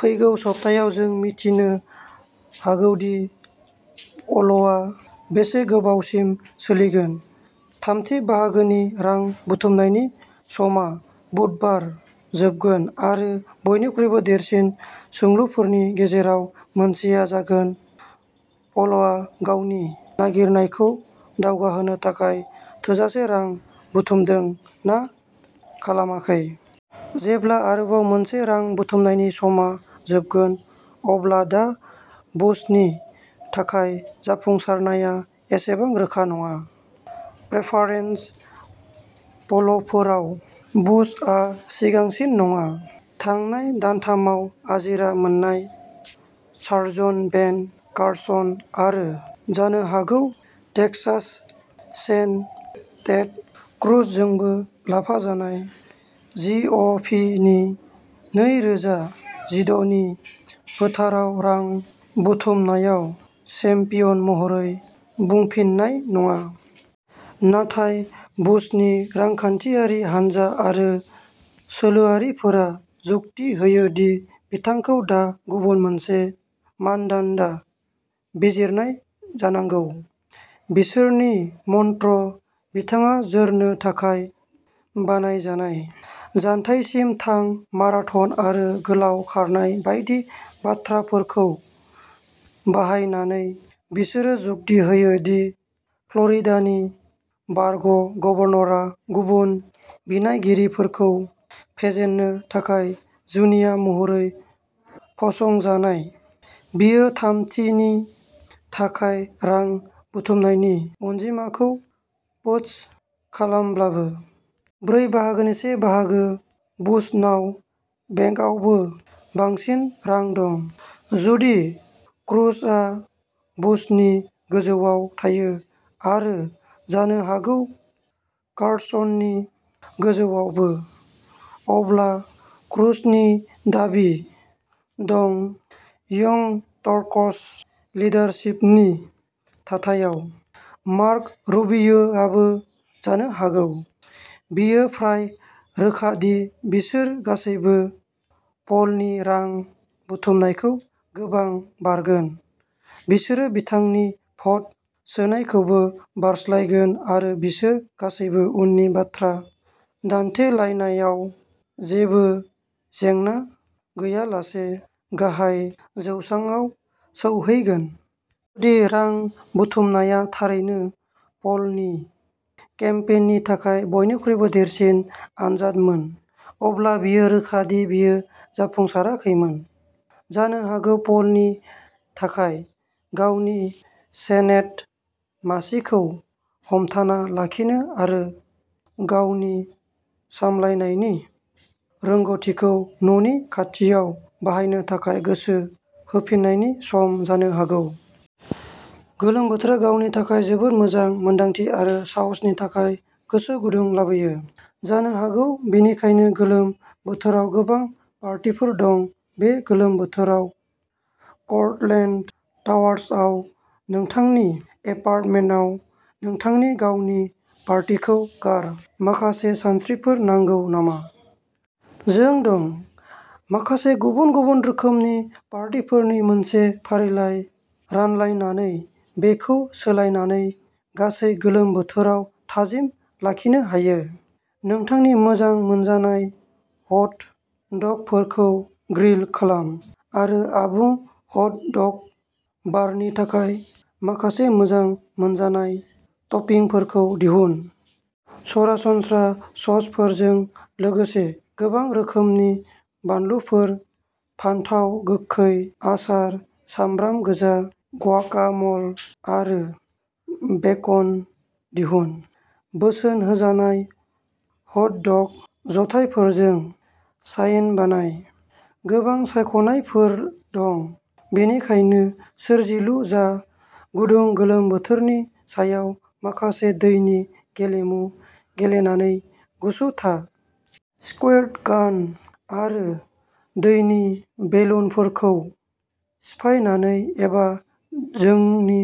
फैगौ सप्तायाव, जों मिथिनो हागौ दि पलआ बेसे गोबावसिम सोलिगोन। थामथि बाहागोनि रां बुथुमनायनि समा बुधबार जोबगोन आरो बयनिख्रुइ देरसिन सोंलुफोरनि गेजेराव मोनसेआ जागोन पलआ गावनि नागिरनायखौ दावगाहोनो थाखाय थोजासे रां बुथुमदों ना खालामाखै। जेब्ला आरोबाव मोनसे रां बुथुमनायनि समआ जोबगोन, अब्ला दा बुसनि थाखाय जाफुंसारनाया एसेबां रोखा नङा। प्रेफारेन्स प'लफोराव बुशआ सिगांसिन नङा, थांनाय दानथामाव आजिरा मोननाय सार्जन बेन कार्सन आरो जानो हागौ टेक्सास सेन टेड क्रुजजोंबो लाफाजानाय जि अ' फि नि नै रोजा जिद' नि फोथाराव रां बुथुमनायाव चेम्पियन महरै बुंफिननाय नङा। नाथाय बुसनि रांखान्थियारि हानजा आरो सोलोआरिफोरा जुक्ति होयो दि बिथांखौ दा गुबुन मोनसे मानदान्दा बिजिरनाय जानांगौ। बिसोरनि मन्त्र बिथाङा जोरनो थाखाय बानायजानाय। जानथायसिम थां माराथन आरो गोलाव खारनाय बायदि बाथ्राफोरखौ बाहायनानै, बिसोरो जुक्ति होयो दि फ्ल'रिडानि बारग' गभर्नरआ गुबुन बिनायगिरिफोरखौ फेजेननो थाखाय जुनिया महरै फसंजानाय, बियो थामथिनि थाखाय रां बुथुमनायनि अनजिमाखौ पोस्ट खालामब्लाबो। ब्रै बाहागोनि से बाहागो। बुशनाव बेंकावबो बांसिन रां दं। जुदि क्रुजआ बुशनि गोजौआव थायो आरो जानो हागौ कार्सननि गोजौआवबो, अब्ला क्रुजनि दाबि दं यंग टर्कस लिडारशिपनि थाथायाव। मार्क'रुबियोआबो जानो हागौ। बेयो फ्राय रोखा दि बिसोर गासैबो पलनि रां बुथुमनायखौ गोबां बारगोन बिसोरो बिथांनि भट सोनायखौबो बारस्लायगोन आरो बिसोर गासैबो उननि बाथ्रा दान्थेलायनायाव जेबो जेंना गैयालासे गाहाय जौसांआव सौहैगोन। जुदि रां बुथुमनाया थारैनो पलनि केम्पेइननि थाखाय बयनिख्रुइ देरसिन आनजादमोन, अब्ला बेयो रोखा दि बेयो जाफुंसाराखैमोन। जानो हागौ पलनि थाखाय गावनि सेनेट मासिखौ हमथाना लाखिनो आरो गावनि सामलायनायनि रोंग'थिखौ न'नि खाथियाव बाहायनो थाखाय गोसो होफिननायनि सम जानो हागौ। गोलोम बोथोरा गावनि थाखाय जोबोद मोजां मोनदांथि आरो साहसनि थाखाय गोसो गुदुं लाबोयो। जानो हागौ बेनिखायनो गोलोम बोथोराव गोबां पार्टीफोर दं बे गोलोम बोथोराव कर्टलेन्ड टावार्सआव नोंथांनि एपार्टमेन्टआव नोंथांनि गावनि पार्टीखौ गार। माखासे सानस्रिफोर नांगौ नामा? जों दं। माखासे गुबुन-गुबुन रोखोमनि पार्टीफोरनि मोनसे फारिलाइ रानलायनानै बेखौ सोलायनानै गासै गोलोम बोथोराव थाजिम लाखिनो हायो। नोंथांनि मोजां मोनजानाय हट डगफोरखौ ग्रिल खालाम आरो आबुं हट डग बारनि थाखाय माखासे मोजां मोनजानाय टपिंफोरखौ दिहुन। सरासनस्रा ससफोरजों लोगोसे गोबां रोखोमनि बानलुफोर, फानथाव गोखै, आसार, सामब्राम गोजा, ग्वाकाम'ल आरो बेकन दिहुन। बोसोन होजानाय हट डग जथायफोरजों साइन बानाय। गोबां सायख'नायफोर दं, बेनिखायनो सोरजिलु जा गुदुं गोलोम बोथोरनि सानाव माखासे दैनि गेलेमु गेलेनानै गुसु था। स्कुइर्ट गान आरो दैनि बेलुनफोरखौ सिफायनानै एबा जोंनि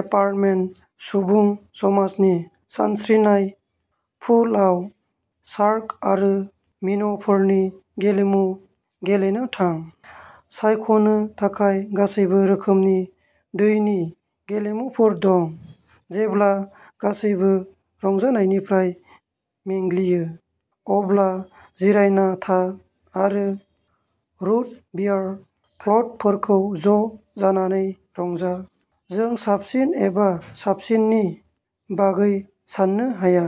एपार्टमेन्ट सुबुं समाजनि सानस्रिनाय पुलआव शार्क आरो मिन'फोरनि गेलेमु गेलेनो थां। सायख'नो थाखाय गासैबो रोखोमनि दैनि गेलेमुफोर दं जेब्ला गासैबो रंजानायनिफ्राय मेंग्लियो, अब्ला जिरायना था आरो रुट बियार फ्ल'टफोरखौ ज' जानानै रंजा। जों साबसिन एबा साबसिननि बागै साननो हाया।